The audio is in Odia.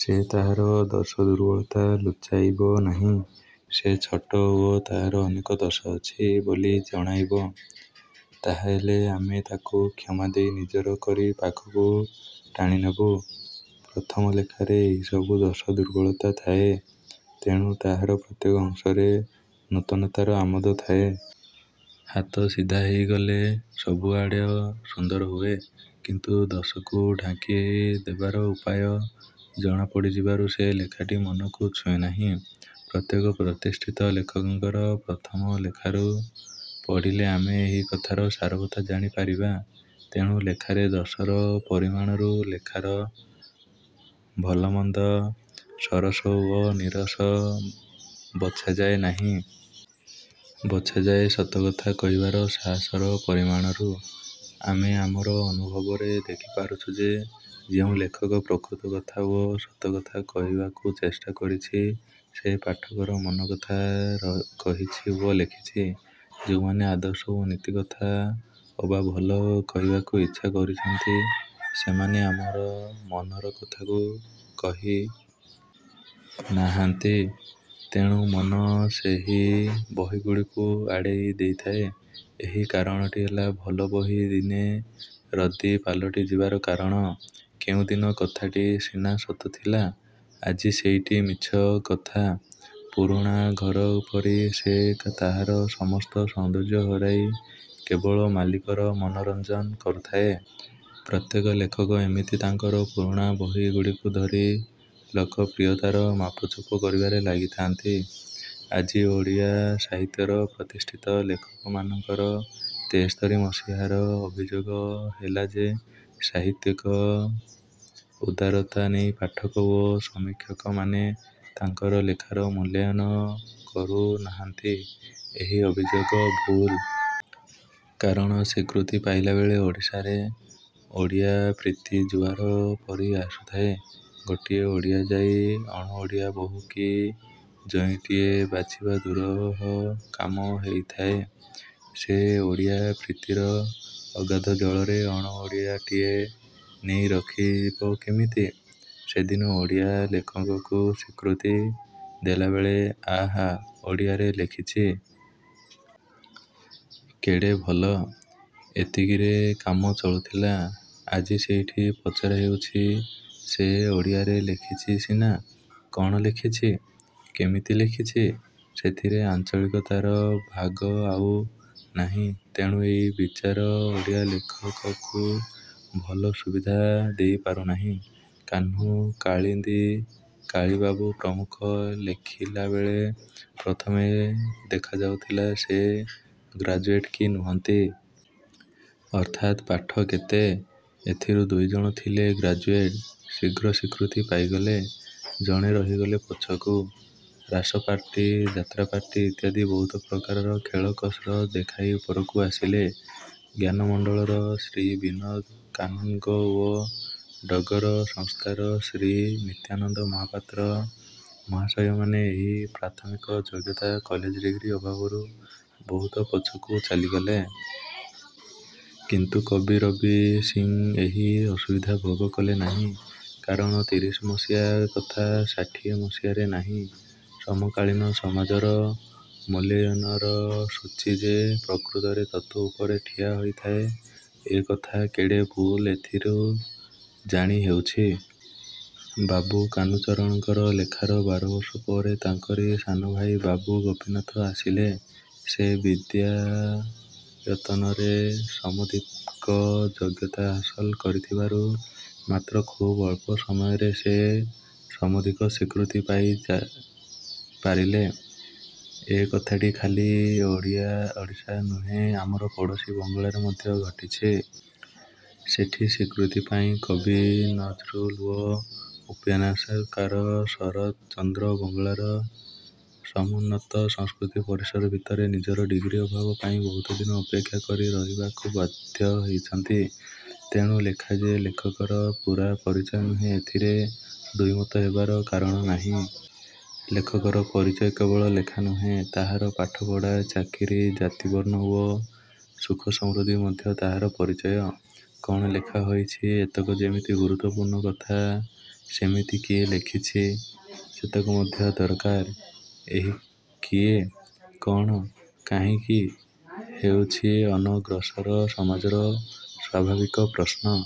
ସେ ତାହାର ଦୋଷ ଦୁର୍ବଳତା ଲୁଚାଇବ ନାହିଁ। ସେ ଛୋଟ ଓ ତାହାର ଅନେକ ଦୋଷ ଅଛି ବୋଲି ଜଣାଇବ। ତାହାହେଲେ ଆମେ ତା'କୁ କ୍ଷମା ଦେଇ ନିଜର କରି ପାଖକୁ ଟାଣିନେବୁ। ପ୍ରଥମ ଲେଖାରେ ଏହି ସବୁ ଦୋଷ ଦୁର୍ବଳତା ଥାଏ। ତେଣୁ ତାହାର ପ୍ରତ୍ୟେକ ଅଂଶରେ ନୂତନତାର ଆମୋଦ ଥାଏ। ହାତ ସିଧା ହେଇଗଲେ ସବୁଆଡ଼ ସୁନ୍ଦର ହୁଏ। କିନ୍ତୁ ଦୋଷକୁ ଢାଙ୍କି ଦେବାର ଉପାୟ ଜଣାପଡ଼ିଯିବାରୁ ସେ ଲେଖାଟି ମନକୁ ଛୁଏଁ ନାହିଁ। ପ୍ରତ୍ୟେକ ପ୍ରତିଷ୍ଠିତ ଲେଖକଙ୍କର ପ୍ରଥମ ଲେଖାକୁ ପଢ଼ିଲେ ଆମେ ଏହି କଥାର ସାରବତ୍ତା ଜାଣି ପାରିବା। ତେଣୁ ଲେଖାରେ ଦୋଷର ପରିମାଣରୁ ଲେଖାର ଭଲମନ୍ଦ ସରସ ଓ ନୀରସ ବଛାଯାଏ ନାହିଁ। ବଛାଯାଏ ସତକଥା କହିବାର ସାହାସର ପରିମାଣରୁ। ଆମେ ଆମର ଅନୁଭବରେ ଦେଖିପାରୁଛୁ ଯେ ଯେଉଁ ଲେଖକ ପ୍ରକୃତ କଥା ଓ ସତ କଥା କହିବାକୁ ଚେଷ୍ଟା କରିଛି ସେ ପାଠକର ମନ କଥା କହିଛି ଓ ଲେଖିଛି। ଯେଉଁମାନେ ଆଦର୍ଶ ଓ ନୀତି କଥା ଅବା ଭଲ କହିବାକୁ ଇଚ୍ଛା କରିଛନ୍ତି ସେମାନେ ଆମର ମନର କଥାକୁ କହି। ନାହାନ୍ତି-। ତେଣୁ ମନ ସେହି ବହିଗୁଡ଼ିକୁ ଆଡ଼େଇ ଦେଇଥାଏ। ଏହି କାରଣଟି ହେଲା ଭଲ ବହି ଦିନେ ରଦ୍ଦି ପାଲଟି ଯିବାର କାରଣ। କେଉଁଦିନ କଥାଟି ସିନା ସତ ଥିଲା। ଆଜି ସେଇଟି ମିଛ କଥା। ପୁରୁଣା ଘର ପରି ସେ ତାହାର ସମସ୍ତ ସୌନ୍ଦର୍ଯ୍ୟ ହରାଇ କେବଳ ମାଲିକର ମନୋରଞ୍ଜନ କରୁଥାଏ। ପ୍ରତ୍ୟେକ ଲେଖକ ଏମିତି ତାଙ୍କର ପୁରୁଣା ବହିଗୁଡ଼ିକୁ ଧରି ଲୋକପ୍ରିୟତାର ମାପଚୁପ କରିବାରେ ଲାଗିଥାନ୍ତି। ଆଜି ଓଡ଼ିଆ ସାହିତ୍ୟର ପ୍ରତିଷ୍ଠିତ ଲେଖକମାନଙ୍କର ତେସ୍ତରି ମସିହାର ଅଭିଯୋଗ ହେଲା ଯେ ସାହିତ୍ୟକ ଉଦାରତା ନେଇ ପାଠକ ଓ ସମୀକ୍ଷକମାନେ ତାଙ୍କର ଲେଖାର ମୂଲ୍ୟାୟନ କରୁନାହାନ୍ତି। ଏହି ଅଭିଯୋଗ ଭୁଲ୍। କାରଣ ସ୍ୱୀକୃତି ପାଇଲାବେଳେ ଓଡ଼ିଶାରେ ଓଡ଼ିଆ ପ୍ରୀତି ଜୁଆର ପରି ଆସୁଥାଏ। ଗୋଟିଏ ଓଡ଼ିଆ ଯାଇ ଅଣଓଡ଼ିଆ ବୋହୂ କି ଜୋଇଁଟିଏ ବାଛିବା ଦୂରୂହ କାମ ହେଇଥାଏ। ସେ ଓଡ଼ିଆ-ପ୍ରୀତିର ଅଗାଧ ଜଳରେ ଅଣଓଡ଼ିଆଟିଏ ନେଇ ରଖିବ କେମିତି? ସେଦିନ ଓଡ଼ିଆ ଲେଖକକୁ ସ୍ୱୀକୃତି ଦେଲାବେଳେ-ଆହା-ଓଡ଼ିଆରେ ଲେଖିଛି? -କେଡ଼େ ଭଲ! ଏତିକିରେ କାମ ଚଳୁଥିଲା। ଆଜି ସେଇଠି ପଚରା ହେଉଛି-ସେ ଓଡ଼ିଆରେ ଲେଖିଲା ସିନା। କ'ଣ ଲେଖିଛି? -କେମିତି ଲେଖିଛି? ସେଥିରେ ଆଞ୍ଚଳିକତାର ଭାଗ ଆଉ ନାହିଁ। ତେଣୁ ଏହି ବିଚାର ଓଡ଼ିଆ ଲେଖକକୁ ଭଲ ସୁବିଧା ଦେଇପାରୁ ନାହିଁ। କାହ୍ନୁ-କାଳିନ୍ଦୀ-କାଳୀବାବୁ ପ୍ରମୁଖ ଲେଖିଲାବେଳେ ପ୍ରଥମେ ଦେଖାଯାଉଥିଲା ସେ ଗ୍ରାଜୁଏଟ୍ କି ନୁହନ୍ତି? ଅର୍ଥାତ୍ ପାଠ କେତେ? ଏଥିରୁ ଦୁଇଜଣ ଥିଲେ ଗ୍ରାଜୁଏଟ୍। ଶୀଘ୍ର ସ୍ୱୀକୃତି ପାଇଗଲେ। ଜଣେ ରହିଗଲେ ପଛକୁ-ରାସପାର୍ଟି, ଯାତ୍ରାପାର୍ଟି ଇତ୍ୟାଦି ବହୁତ ପ୍ରକାରର ଖେଳ କସରତ ଦେଖାଇ ଉପରକୁ ଆସିଲେ। ''ଜ୍ଞାନମଣ୍ଡଳର'' ଶ୍ରୀ ବିନୋଦ କାନନଗୋ ଓ ''ଡଗର'' ସଂସ୍ଥାର ଶ୍ରୀ ନିତ୍ୟାନନ୍ଦ ମହାପାତ୍ର ମହାଶୟମାନେ ଏହି ପ୍ରାଥମିକ ଯୋଗ୍ୟତା କଲେଜ ଡିଗ୍ରୀ ଅଭାବରୁ ବହୁତ ପଛକୁ ଚାଲିଗଲେ। କିନ୍ତୁ କବି ରବି ସିଂ ଏହି ଅସୁବିଧା ଭୋଗ କଲେ ନାହିଁ। କାରଣ ତିରିଶି ମସିହା କଥା ଷାଠିଏ ମସିହାରେ ନାହିଁ। ସମକାଳୀନ ସମାଜର ମୂଲ୍ୟାୟନର ସୂଚୀ ଯେ ପ୍ରକୃତରେ ତତ୍ତ୍ୱ ଉପରେ ଠିଆ ହୋଇଥାଏ ଏ କଥା କେଡ଼େ ଭୁଲ୍ ଏଥିରୁ ଜାଣି ହେଉଛି। ବାବୁ କାହ୍ନୁଚରଣଙ୍କର ଲେଖାର ବାରବର୍ଷ ପରେ ତାଙ୍କରି ସାନଭାଇ ବାବୁ ଗୋପୀନାଥ ଆସିଲେ। ସେ ବିଦ୍ୟାୟତନରେ ସମଧିକ ଯୋଗ୍ୟତା ହାସଲ କରିଥିବାରୁ ମାତ୍ର ଖୁବ୍ ଅଳ୍ପ ସମୟରେ ସେ ସମଧିକ ସ୍ୱୀକୃତି ପାଇ ପାରିଲେ। ଏ କଥାଟି ଖାଲି ଓଡ଼ଶା ନୁହେଁ ଆମର ପଡ଼ୋଶୀ ବଙ୍ଗଳାରେ ମଧ୍ୟ ଘଟିଛି। ସେଠି ସ୍ୱୀକୃତି ପାଇଁ କବି ନଜରୁଲ୍ ଓ ଉପନ୍ୟାସକାର ଶରତ ଚନ୍ଦ୍ର ବଙ୍ଗଳାର ସମୁନ୍ନତ ସଂସ୍କୃତି ପରିସର ଭିତରେ ନିଜର ଡିଗ୍ରୀ ଅଭାବ ପାଇଁ ବହୁତ ଦିନ ଅପେକ୍ଷା କରି ରହିବାକୁ ବାଧ୍ୟ ହେଇଛନ୍ତି। ତେଣୁ ଲେଖା ଯେ ଲେଖକର ପୂରା ପରିଚୟ ନୁହେଁ ଏଥିରେ ଦୁଇ ମତ ହେବାର କାରଣ ନାହିଁ। ଲେଖକର ପରିଚୟ କେବଳ ଲେଖା ନୁହେଁ-ତାହାର ପାଠପଢ଼ା, ଚାକିରି, ଜାତିବର୍ଣ୍ଣ ଓ ସୁଖ ସମୃଦ୍ଧି ମଧ୍ୟ ତାହାର ପରିଚୟ। କ'ଣ ଲେଖା ହୋଇଛି-ଏତକ ଯେମିତି ଗୁରୁତ୍ୱ ପୂର୍ଣ୍ଣ କଥା ସେମିତି କିଏ ଲେଖିଛି? -ସେତକ ମଧ୍ୟ ଦରକାର। ଏହି କିଏ? -କ'ଣ? -କାହିଁକି? -ହେଉଛି ଅନଗ୍ରସର ସମାଜର ସ୍ୱାଭାବିକ ପ୍ରଶ୍ନ।